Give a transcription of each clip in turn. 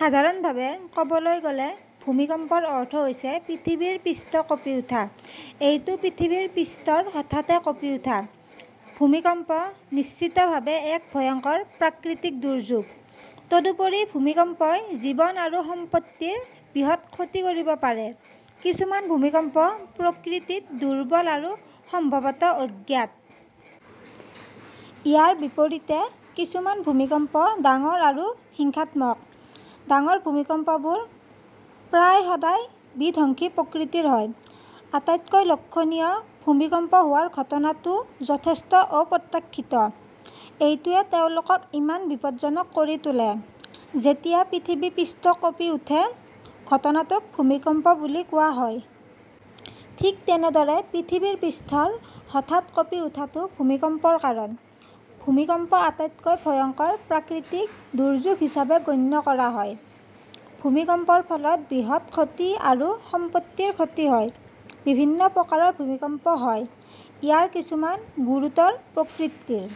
সাধাৰণভাৱে ক'বলৈ গ'লে, ভূমিকম্পৰ অৰ্থ হৈছে পৃথিৱীৰ পৃষ্ঠ কঁপি উঠা। এইটো পৃথিৱীৰ পৃষ্ঠৰ হঠাতে কঁপি উঠা। ভূমিকম্প নিশ্চিতভাৱে এক ভয়ংকৰ প্ৰাকৃতিক দুৰ্যোগ। তদুপৰি, ভূমিকম্পই জীৱন আৰু সম্পত্তিৰ বৃহৎ ক্ষতি কৰিব পাৰে। কিছুমান ভূমিকম্প প্ৰকৃতিত দুৰ্বল আৰু সম্ভৱতঃ অজ্ঞাত। ইয়াৰ বিপৰীতে, কিছুমান ভূমিকম্প ডাঙৰ আৰু হিংসাত্মক। ডাঙৰ ভূমিকম্পবোৰ প্ৰায় সদায় বিধ্বংসী প্ৰকৃতিৰ হয়। আটাইতকৈ লক্ষণীয়, ভূমিকম্প হোৱাৰ ঘটনা টো যথেষ্ট অপ্ৰত্যাশিত। এইটোৱেই তেওঁলোকক ইমান বিপদজনক কৰি তোলে। যেতিয়া পৃথিৱীৰ পৃষ্ঠ কঁপি উঠে, ঘটনাটোক ভূমিকম্প বুলি কোৱা হয়। ঠিক তেনেদৰে, পৃথিৱীৰ পৃষ্ঠৰ হঠাৎ কঁপি উঠাটো ভূমিকম্পৰ কাৰণ। ভূমিকম্পক আটাইতকৈ ভয়ংকৰ প্ৰাকৃতিক দুৰ্যোগ হিচাপে গণ্য কৰা হয়। ভূমিকম্পৰ ফলত বৃহৎ ক্ষতি আৰু সম্পত্তিৰ ক্ষতি হয়। বিভিন্ন প্ৰকাৰৰ ভূমিকম্প হয়। ইয়াৰ কিছুমান গুৰুতৰ প্ৰকৃতিৰ।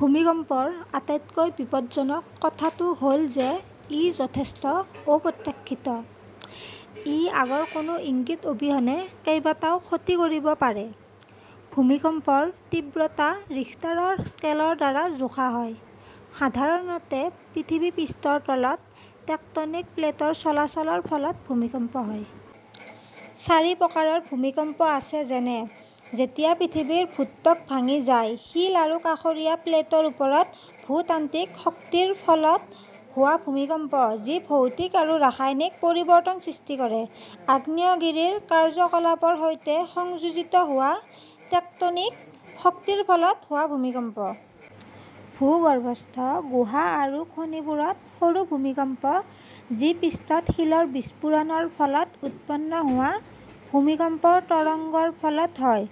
ভূমিকম্পৰ আটাইতকৈ বিপদজনক কথাটো হ'ল যে ই যথেষ্ট অপ্ৰত্যাশিত। ই আগৰ কোনো ইংগিত অবিহনে কেইবাটাও ক্ষতি কৰিব পাৰে। ভূমিকম্পৰ তীব্ৰতা ৰিখটাৰৰ স্কেলৰ দ্বাৰা জোখা হয়। সাধাৰণতে, পৃথিৱীৰ পৃষ্ঠৰ তলত টেকটনিক প্লেটৰ চলাচলৰ ফলত ভূমিকম্প হয়। চাৰি প্ৰকাৰৰ ভূমিকম্প আছে যেনে – যেতিয়া পৃথিৱীৰ ভূত্বক ভাঙি যায় শিল আৰু কাষৰীয়া প্লেটৰ ওপৰত ভূতাত্ত্বিক শক্তিৰ ফলত হোৱা ভূমিকম্প যি ভৌতিক আৰু ৰাসায়নিক পৰিৱৰ্তনসৃষ্টি কৰে। আগ্নেয়গিৰিৰ কাৰ্যকলাপৰ সৈতে সংযোজিত হোৱা টেকটনিক শক্তিৰ ফলত হোৱা ভূমিকম্প। ভূগৰ্ভস্থ গুহা আৰু খনিবোৰত সৰু ভূমিকম্প যিপৃষ্ঠত শিলৰ বিস্ফোৰণৰ ফলত উৎপন্ন হোৱা ভূমিকম্পৰ তৰংগৰ ফলত হয়।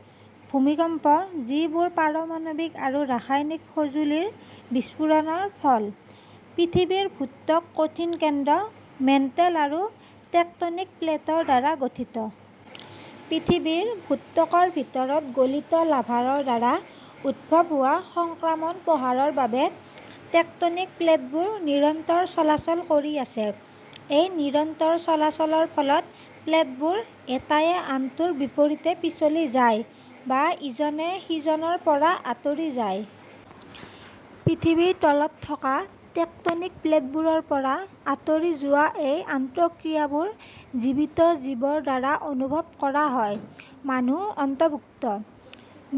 ভূমিকম্প যিবোৰ পাৰমাণৱিক আৰু ৰাসায়নিক সঁজুলিৰ বিস্ফোৰণৰ ফল। পৃথিৱীৰ ভূত্বক কঠিন কেন্দ্ৰ, মেণ্টেল আৰু টেকটনিক প্লেটৰ দ্বাৰা গঠিত। পৃথিৱীৰ ভূত্বকৰ ভিতৰত গলিত লাভাৰ দ্বাৰা উদ্ভৱ হোৱা সংক্ৰমণ প্ৰবাহৰ বাবে টেকটনিক প্লেটবোৰ নিৰন্তৰ চলাচল কৰি আছে। এই নিৰন্তৰ চলাচলৰ ফলত প্লেটবোৰ এটায়ে আনটোৰ বিপৰীতে পিছলি যায় বা ইজনে সিজনৰ পৰা আঁতৰি যায়। পৃথিৱীৰ তলত থকা টেকটনিক প্লেটবোৰৰ পৰা আঁতৰি যোৱা এই আন্তঃক্ৰিয়াবোৰ জীৱিত জীৱৰ দ্বাৰা অনুভৱ কৰা হয়, মানুহ অন্তৰ্ভুক্ত।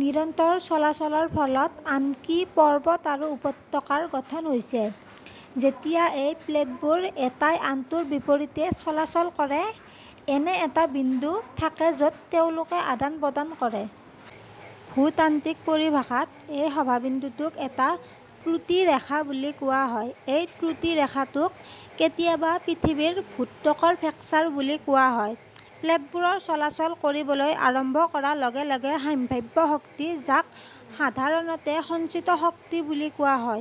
নিৰন্তৰ চলাচলৰ ফলত আনকি পৰ্বত আৰু উপত্যকা গঠন হৈছে। যেতিয়া এই প্লেটবোৰ এটাই আনটোৰ বিপৰীতে চলাচল কৰে, এনে এটা বিন্দু থাকে য'ত তেওঁলোকে আদান-প্ৰদান কৰে। ভূতাত্ত্বিক পৰিভাষাত, এই সভাবিন্দুটোক এটা ত্ৰুটি ৰেখা বুলি কোৱা হয়। এই ত্ৰুটি ৰেখাটোক কেতিয়াবা পৃথিৱীৰ ভূত্বকত ফ্ৰেকচাৰ বুলি কোৱা হয়। প্লেটবোৰ চলাচল কৰিবলৈ আৰম্ভ কৰাৰ লগে লগে, সাম্ভাব্য শক্তি, যাক সাধাৰণতে সঞ্চিত শক্তি বুলি কোৱা হয়,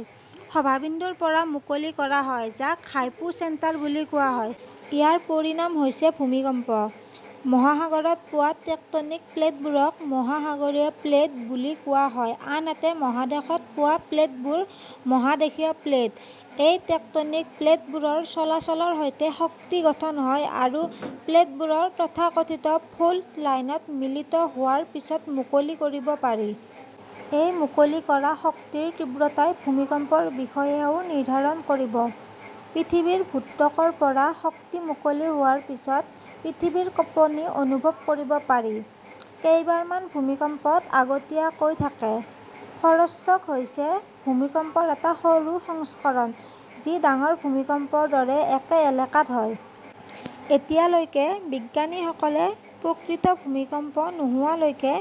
সভাবিন্দুৰ পৰা মুকলি কৰা হয়, যাক হাইপোচেণ্টাৰ বুলি কোৱা হয়। ইয়াৰ পৰিণাম হৈছে ভূমিকম্প। মহাসাগৰত পোৱা টেকটনিক প্লেটবোৰক মহাসাগৰীয় প্লেট বুলি কোৱা হয় আনহাতে মহাদেশত পোৱা প্লেটবোৰ মহাদেশীয় প্লেট। এই টেকটনিক প্লেটবোৰৰ চলাচলৰ সৈতে, শক্তি গঠন হয় আৰু এই প্লেটবোৰ তথাকথিত ফল্ট লাইনত মিলিত হোৱাৰ পিছত মুকলি কৰিব পাৰি। এই মুকলি কৰা শক্তিৰ তীব্ৰতাই ভূমিকম্পৰ বিষয়েও নিৰ্ধাৰণ কৰিব। পৃথিৱীৰ ভূত্বকৰ পৰা শক্তি মুকলি হোৱাৰ পিছত পৃথিৱীৰ কঁপনি অনুভৱ কৰিব পাৰি। কেইবাৰমান ভূমিকম্পত আগতীয়া কৈ থাকে। ফ'ৰশ্বক হৈছে ভূমিকম্পৰ এটা সৰু সংস্কৰণ যি ডাঙৰ ভূমিকম্পৰ দৰে একে এলেকাত হয়। এতিয়ালৈকে, বিজ্ঞানীসকলে প্ৰকৃত ভূমিকম্প নোহোৱালৈকে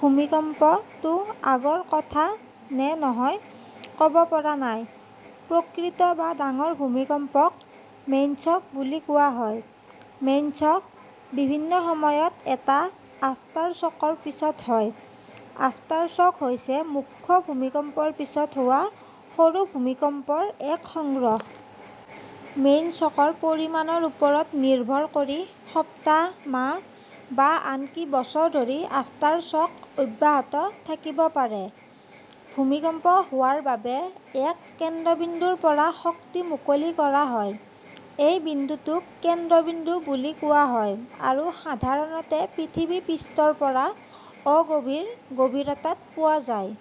ভূমিকম্প টো আগৰ কথা নে নহয় ক'ব পৰা নাই। প্ৰকৃত বা ডাঙৰ ভূমিকম্পক মেইনশ্বক বুলি কোৱা হয়। মেইনশ্বক, বিভিন্ন সময়ত, এটা আফটাৰশ্বকৰ পিছত হয়। আফটাৰশ্বক হৈছে মুখ্য ভূমিকম্পৰ পিছত হোৱা সৰু ভূমিকম্পৰ এক সংগ্ৰহ। মেইনশ্বকৰ পৰিমাণৰ ওপৰত নিৰ্ভৰ কৰি, সপ্তাহ, মাহ বা আনকি বছৰধৰি আফটাৰশ্বক অব্যাহত থাকিব পাৰে। ভূমিকম্প হোৱাৰ বাবে, এক কেন্দ্ৰবিন্দুৰ পৰা শক্তি মুকলি কৰা হয়। এই বিন্দুটোক কেন্দ্ৰবিন্দু বুলি কোৱা হয় আৰু সাধাৰণতে পৃথিৱীৰ পৃষ্ঠৰ পৰা অগভীৰ গভীৰতাত পোৱা যায়।